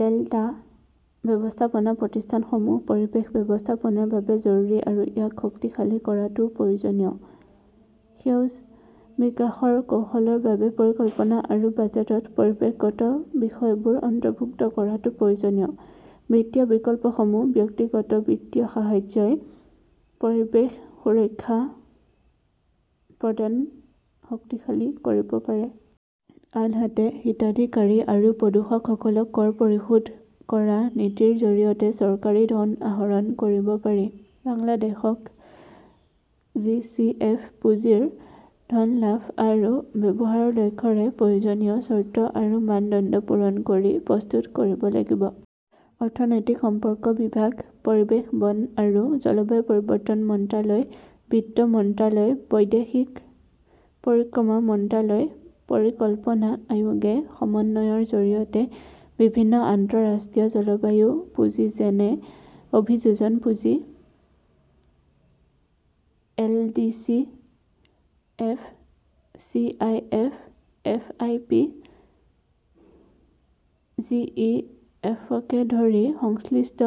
Delta ব্যৱস্থাপনা প্ৰতিষ্ঠানসমূহ পৰিৱেশ ব্যৱস্থাপনাৰ বাবে জৰুৰী আৰু ইয়াক শক্তিশালী কৰাটোও প্ৰয়োজনীয়। সেউজ বিকাশৰ কৌশলৰ বাবে পৰিকল্পনা আৰু বাজেটত পৰিৱেশগত বিষয়বোৰ অন্তৰ্ভুক্ত কৰাটো প্ৰয়োজনীয়। বিত্তীয় বিকল্পসমূহঃ ব্যক্তিগত বিত্তীয় সাহায্যই পৰিৱেশ সুৰক্ষা প্ৰদান শক্তিশালী কৰিব পাৰে। আনহাতে, হিতাধিকাৰী আৰু প্ৰদূষকসকলক কৰ পৰিশোধ কৰা নীতিৰ জৰিয়তে চৰকাৰী ধন আহৰণ কৰিব পাৰি। বাংলাদেশক জি. চি. এফ. পুঁজিৰ ধন লাভ আৰু ব্যৱহাৰৰ লক্ষ্যৰে প্ৰয়োজনীয় চৰ্ত আৰু মানদণ্ড পূৰণ কৰি প্ৰস্তুত কৰিব লাগিব। অৰ্থনৈতিক সম্পৰ্ক বিভাগ, পৰিৱেশ, বন আৰু জলবায়ু পৰিৱৰ্তন মন্ত্ৰালয়, বিত্ত মন্ত্ৰালয়, বৈদেশিক পৰিক্ৰমা মন্ত্ৰালয়, পৰিকল্পনা আয়োগে সমন্বয়ৰ জৰিয়তে বিভিন্ন আন্তঃৰাষ্ট্ৰীয় জলবায়ু পুঁজি যেনে অভিযোজন পুঁজি, এলডিচিএফ, চিআইএফ, এফআইপি, জিইএফকে ধৰি সংশ্লিষ্ট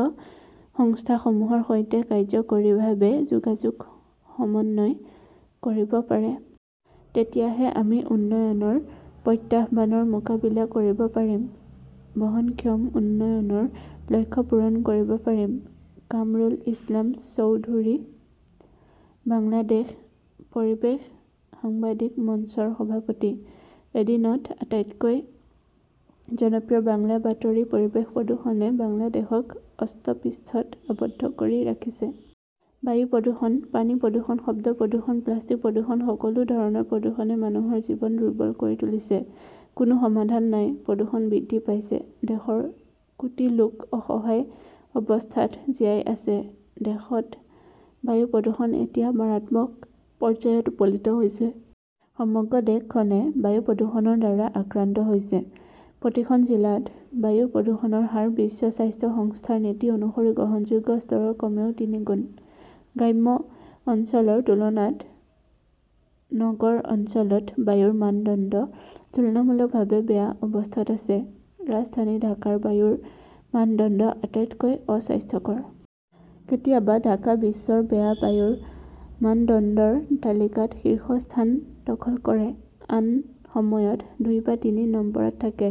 সংস্থাসমূহৰ সৈতে কাৰ্যকৰীভাৱে যোগাযোগ সমন্বয় কৰিব পাৰে। তেতিয়াহে আমি উন্নয়নৰ প্ৰত্যাহ্বানৰ মোকাবিলা কৰিব পাৰিম, বহনক্ষম উন্নয়নৰ লক্ষ্য পূৰণ কৰিব পাৰিম। কামৰুল ইছলাম চৌধুৰীঃ বাংলাদেশ পৰিৱেশ সাংবাদিক মঞ্চৰ সভাপতি। এদিনত আটাইতকৈ জনপ্ৰিয় বাংলা বাতৰি পৰিৱেশ প্ৰদূষণে বাংলাদেশক অষ্টপৃষ্ঠত আবদ্ধ কৰি ৰাখিছে। বায়ু প্ৰদূষণ, পানী প্ৰদূষণ, শব্দ প্ৰদূষণ, প্লাষ্টিক প্ৰদূষণ-সকলো ধৰণৰ প্ৰদূষণে মানুহৰ জীৱন দুৰ্বল কৰি তুলিছে। কোনো সমাধান নাই, প্ৰদূষণ বৃদ্ধি পাইছে। দেশৰ কোটি লোক অসহায় অৱস্থাত জীয়াই আছে। দেশত বায়ু প্ৰদূষণ এতিয়া মাৰাত্মক পৰ্যায়ত উপনীত হৈছে। সমগ্ৰ দেশখনে বায়ু প্ৰদূষণৰ দ্বাৰা আক্ৰান্ত হৈছে। প্ৰতিখন জিলাত বায়ু প্ৰদূষণৰ হাৰ বিশ্ব স্বাস্থ্য সংস্থাৰ নীতি অনুসৰি গ্ৰহণযোগ্য স্তৰৰ কমেও তিনিগুণ। গ্ৰাম্য অঞ্চলৰ তুলনাত নগৰ অঞ্চলত বায়ুৰ মানদণ্ড তুলনামূলকভাৱে বেয়া অৱস্থাত আছে। ৰাজধানী ঢাকাৰ বায়ুৰ মানদণ্ড আটাইতকৈ অস্বাস্থ্যকৰ। কেতিয়াবা ঢাকা বিশ্বৰ বেয়া বায়ুৰ মানদণ্ডৰ তালিকাত শীৰ্ষস্থান দখল কৰে। আন সময়ত দুই বা তিনি নম্বৰত থাকে।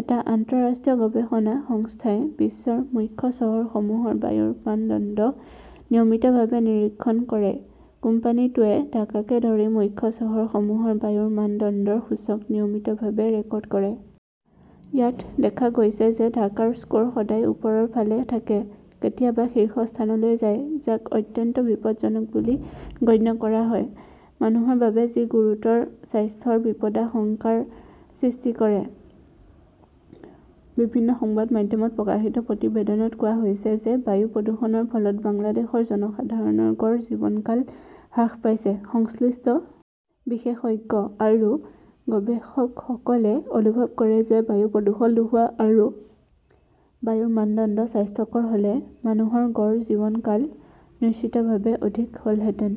এটা আন্তঃৰাষ্ট্ৰীয় গৱেষণা সংস্থাই বিশ্বৰ মুখ্য চহৰসমূহৰ বায়ুৰ মানদণ্ড নিয়মিতভাৱে নিৰীক্ষণ কৰে। কোম্পানীটোৱে ঢাকাকে ধৰি মুখ্য চহৰসমূহৰ বায়ুৰ মানদণ্ডৰ সূচক নিয়মিতভাৱে ৰেকৰ্ড কৰে। ইয়াত দেখা গৈছে যে ঢাকাৰ স্ক'ৰ সদায় ওপৰৰ ফালে থাকে। কেতিয়াবা শীৰ্ষস্থানলৈ যায়। যাক অত্যন্ত 'বিপদজনক' বুলি গণ্য কৰা হয়, মানুহৰ বাবে যি গুৰুতৰ স্বাস্থ্যৰ বিপদাশংকাৰ সৃষ্টি কৰে। বিভিন্ন সংবাদ মাধ্যমত প্ৰকাশিত প্ৰতিবেদনত কোৱা হৈছে যে বায়ু প্ৰদূষণৰ ফলত বাংলাদেশৰ জনসাধাৰণৰ গড় জীৱনকাল হ্ৰাস পাইছে। সংশ্লিষ্ট বিশেষজ্ঞ আৰু গৱেষকসকলে অনুভৱ কৰে যে বায়ু প্ৰদূষণ নোহোৱা আৰু বায়ুৰ মানদণ্ড স্বাস্থ্যকৰ হ'লে মানুহৰ গড় জীৱনকাল নিশ্চিতভাৱে অধিক হ'লহেঁতেন।